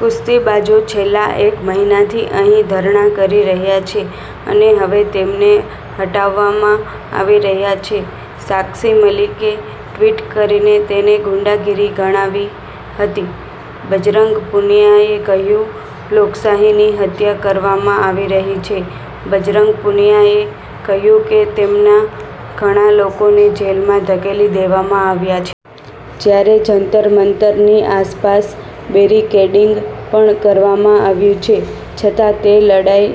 કુસ્તીબાજો છેલ્લા એક મહિનાથી અહીં ધરણા કરી રહ્યા છે અને હવે તેમને હટાવવામાં આવી રહ્યા છે. સાક્ષી મલિકે ટ્વિટ કરીને તેને ગુંડાગીરી ગણાવી હતી. બજરંગ પુનિયાએ કહ્યું, લોકશાહીની હત્યા કરવામાં આવી રહી છે બજરંગ પુનિયાએ કહ્યું કે તેમના ઘણા લોકોને જેલમાં ધકેલી દેવામાં આવ્યા છે. જ્યારે જંતર મંતરની આસપાસ બેરિકેડિંગ પણ કરવામાં આવ્યું છે છતા તે લડાઇ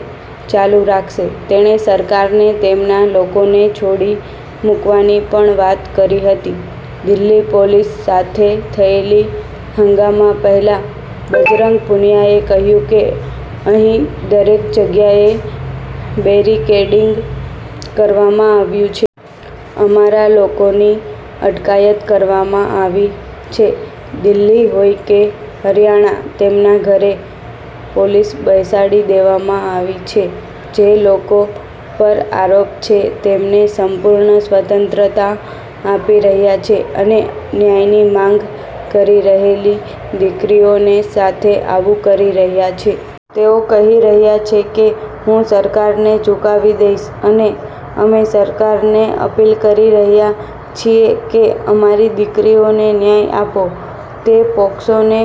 ચાલું રાખશે. તેણે સરકારને તેમના લોકોને છોડી મુકવાની પણ વાત કરી હતી. દિલ્હી પોલીસ સાથે થયેલી હંગામા પહેલા બજરંગ પુનિયાએ કહ્યું કે અહીં દરેક જગ્યાએ બેરિકેડિંગ કરવામાં આવ્યું છે. અમારા, લોકોની અટકાયત કરવામાં આવી છે. દિલ્હી હોય કે હરિયાણા તેમના ઘરે પોલીસ બેસાડી દેવામાં આવી છે. જે લોકો પર આરોપ છે તેમને સંપૂર્ણ સ્વતંત્રતા આપી રહ્યા છે અને ન્યાયની માંગ કરી રહેલી દીકરીઓને સાથે આવું કરી રહ્યા છે. તેઓ કહી રહ્યા છે કે હું સરકારને ઝુકાવી દઇશ અને અમે સરકારને અપીલ કરી રહ્યા છીએ કે અમારી દીકરીઓને ન્યાય આપો. તે પોક્સોને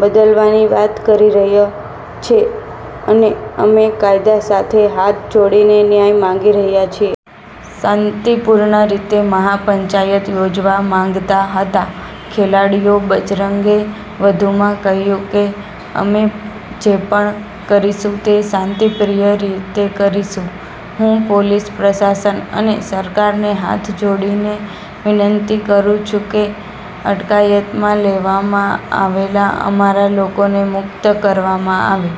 બદલવાની વાત કરી રહ્યો છે અને અમે કાયદા સાથે હાથ જોડીને ન્યાય માંગી રહ્યા છીએ. શાંતિપૂર્ણ રીતે મહાપંચાયત યોજવા માંગતા હતા ખેલાડીઓ બજરંગે વધુમાં કહ્યું કે અમે જે પણ કરીશું તે શાંતિપ્રિય રીતે કરીશું. હું પોલીસ પ્રશાસન અને સરકારને હાથ જોડીને વિનંતી કરું છું કે અટકાયતમાં લેવામાં આવેલા અમારા લોકોને મુક્ત કરવામાં આવે.